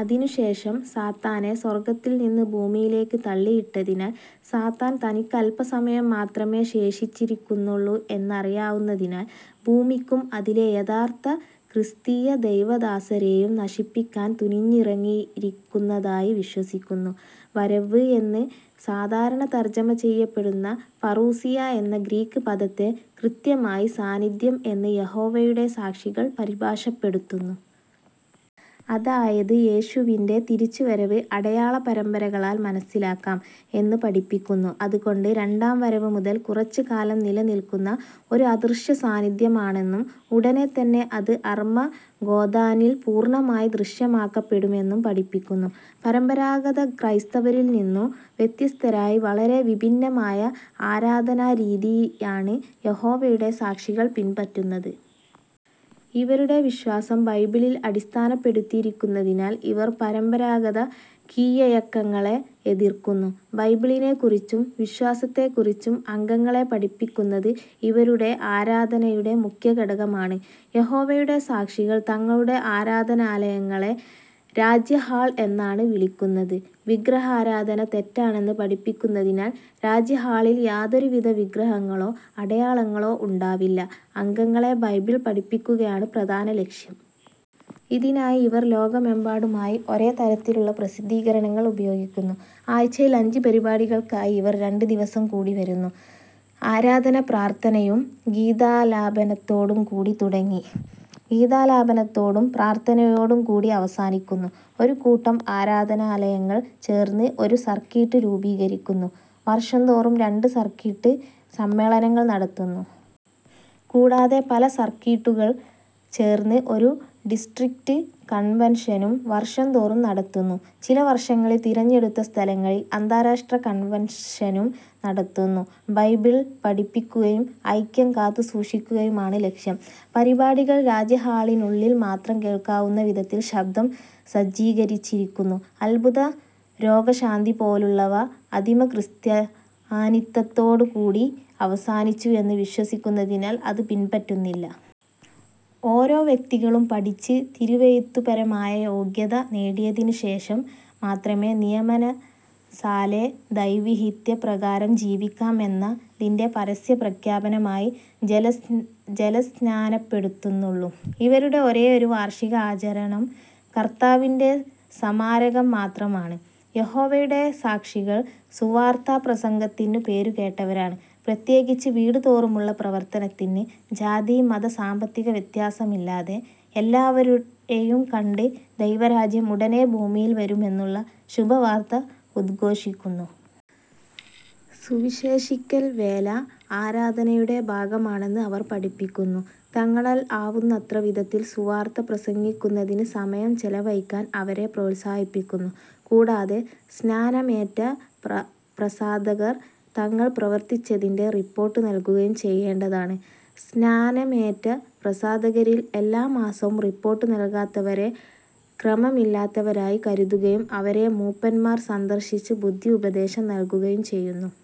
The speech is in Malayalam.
അതിനുശേഷം സാത്തനെ സ്വർഗ്ഗത്തിൽ നിന്ന് ഭൂമിയിലേയ്ക്ക് തള്ളിയിട്ടതിനാൽ, സാത്താൻ തനിക്കല്പസമയം മാത്രമെ ശേഷിച്ചിരിക്കുന്നുള്ളൂ എന്നറിയാവുന്നതിനാൽ ഭൂമിക്കും അതിലെ യഥാർത്ഥ ക്രിസ്തീയ ദൈവദാസരെയും നശിപ്പിക്കാൻ തുനിഞ്ഞിറങ്ങിയിരിക്കുന്നതായി വിശ്വസിക്കുന്നു. വരവ്വ് എന്ന് സാധാരണ തർജ്ജമ ചെയ്യപെടുന്ന "പറൂസിയ" എന്ന ഗ്രീക്ക് പദത്തെ, കൃത്യമായി "സാന്നിധ്യം" എന്ന് യഹോവയുടെ സാക്ഷികൾ പരിഭാഷപ്പെടുത്തുന്നു. അതായത് യേശുവിന്റെ തിരിച്ചുവരവ് അടയാള പരമ്പരകളാൽ മനസ്സിലാക്കാം എന്ന് പഠിപ്പിക്കുന്നു. അതുകൊണ്ട് രണ്ടാംവരവ് മുതൽ കുറച്ച് കാലം നിലനിൽക്കുന്ന ഒരു അദൃശ്യ സാന്നിധ്യം ആണെന്നും ഉടനെ തന്നെ അത് അർമ്മഗ്ദോനിൽ പൂർണ്ണമായി ദൃശ്യമാക്കപ്പെടുമെന്നും പഠിപ്പിക്കുന്നു. പരമ്പരാഗത ക്രൈസ്തവരിൽ നിന്നു വ്യത്യസ്തരായി വളരെ വിഭിന്നമായ ആരാധനാരീതിയാണ് യഹോവയുടെ സാക്ഷികൾ പിൻപറ്റുന്നത്. ഇവരുടെ വിശ്വസം ബൈബിളിൽ അടിസ്ഥാനപ്പെടുത്തിയിരിക്കുന്നതിനാൽ ഇവർ പരമ്പരാഗത കിഴ്വഴക്കങ്ങളെ എതിർക്കുന്നു. ബൈബിളിനെ കുറിച്ചും, വിശ്വാസത്തെ കുറിച്ചും അംഗങ്ങളെ പഠിപ്പിക്കുന്നത് ഇവരുടെ ആരാധനയുടെ മുഖ്യഘടകമാണ്. യഹോവയുടെ സാക്ഷികൾ തങ്ങളുടെ ആരാധനാലയങ്ങളെ രാജ്യഹാൾ എന്നാണ് വിളിക്കുന്നത്. വിഗ്രഹാരാധന തെറ്റാണെന്ന് പഠിപ്പിക്കുതിനാൽ രാജ്യഹാളിൽ യാതൊരുവിധ വിഗ്രഹങ്ങളോ, അടയാളങ്ങളൊ ഉണ്ടാവില്ല. അംഗങ്ങളെ ബൈബിൾ പഠിപ്പിക്കുകയാണ് പ്രധാന ലക്ഷ്യം. ഇതിനായി ഇവർ ലോകമെമ്പാടുമായി ഒരേ തരത്തിലുള്ള പ്രസിദ്ധീകരണങ്ങൾ ഉപയോഗിക്കുന്നു. ആഴ്ചയിൽ അഞ്ച് പരിപാടികൾക്കായി ഇവർ രണ്ട് ദിവസം കൂടിവരുന്നു. ആരാധന പ്രാർത്ഥനയും, ഗീതാലാപനത്തൊടും കൂടി തുടങ്ങി ഗീതാലാപനത്തൊടും, പ്രാർത്ഥനയൊടും കൂടി അവസാനിക്കുന്നു. ഒരു കൂട്ടം ആരാധനാലയങ്ങൾ ചേർന്ന് ഒരു സർക്കീട്ട് രൂപീകരിക്കുന്നു. വർഷംതോറും രണ്ട് സർക്കിട്ട് സമ്മേളനങ്ങൾ നടത്തുന്നു. കൂടാതെ പല സർക്കീട്ടുകൾ ചേർന്ന് ഒരു ഡിസ്ട്രിക്റ്റ് കൺവൻഷനും വർഷം തോറും നടത്തുന്നു. ചില വർഷങ്ങളിൽ തിരഞ്ഞെടുത്ത സ്ഥലങ്ങളിൽ അന്താരാഷ്ട്ര കൺവൻഷനും നടത്തുന്നു. ബൈബിൾ പഠിപ്പിക്കുകയ്യും, ഐക്യം കാത്തുസൂക്ഷിക്കുകയുമാണ് ലക്ഷ്യം. പരിപാടികൾ രാജ്യഹാളിനുള്ളിൽ മാത്രം കേൾക്കാവുന്ന വിധത്തിൽ ശബ്ദം സജ്ജികരിച്ചിരിക്കുന്നു. അത്ഭുത രോഗശാന്തിപോളുള്ളവ അദിമ ക്രിസ്ത്യാനിത്തത്തോടു കൂടി അവസാനിച്ചു എന്ന് വിശ്വസിക്കുന്നതിനാൽ അത് പിൻപറ്റുന്നില്ല. ഒരോ വ്യക്തികളും പഠിച്ച് തിരുവെഴുത്തുപരമായ യോഗ്യത നേടിയശേഷം മാത്രമെ, സ്വയമനസാലെ ദൈവഹിതപ്രകാരം ജീവിക്കാം എന്നതിന്റെ പരസ്യപ്രഖ്യാപനമായി ജലസ്നാനപ്പെടുത്തുന്നുള്ളു. ഇവരുടെ ഒരെയൊരു വാർഷിക ആചരണം കർത്താവിന്റെ സമാരകം മാത്രമാണ്. യഹോവയുടെ സാക്ഷികൾ സുവാർത്ത പ്രസംഗത്തിനു പേരുകേട്ടവരാണ്, പ്രത്യേകിച്ച് വീടുതോറുമുള്ള പ്രവർത്തനത്തിന്. ജാതി, മത, സാമ്പത്തിക വ്യത്യാസമില്ലാതെ എല്ലാവരെയും കണ്ട് ദൈവരാജ്യം ഉടനെ ഭൂമിയിൽ വരുമെന്നുള്ള ശുഭവാർത്ത ഉദ്ഘോഷിക്കുന്നു. സുവിശേഷിക്കൽ വേല ആരാധനയുടെ ഭാഗമാണെന്ന് അവർ പഠിപ്പിക്കുന്നു. തങ്ങളാൽ ആവുന്നത്ര വിധത്തിൽ സുവാർത്ത പ്രസംഗിക്കുന്നതിന് സമയം ചെലവഴിക്കാൻ അവരെ പ്രോത്സാഹിപ്പിക്കുന്നു, കൂടാതെ സ്നാനമേറ്റ പ്രസാദകർ തങ്ങൾ പ്രവർത്തിച്ചതിന്റെ റിപ്പോർട്ട് നൽകുകയും ചെയ്യേണ്ടതാണ്. സ്നാനമേറ്റ പ്രസാദകരിൽ എല്ലാ മാസവും റിപ്പോർട്ട് നൽകാത്തവരെ ക്രമമില്ലാത്തവരായി കരുതുകയും, അവരെ മൂപ്പന്മാർ സന്ദർശിച്ച് ബുദ്ധിയുപദേശം നൽകുകയും ചെയ്യുന്നു.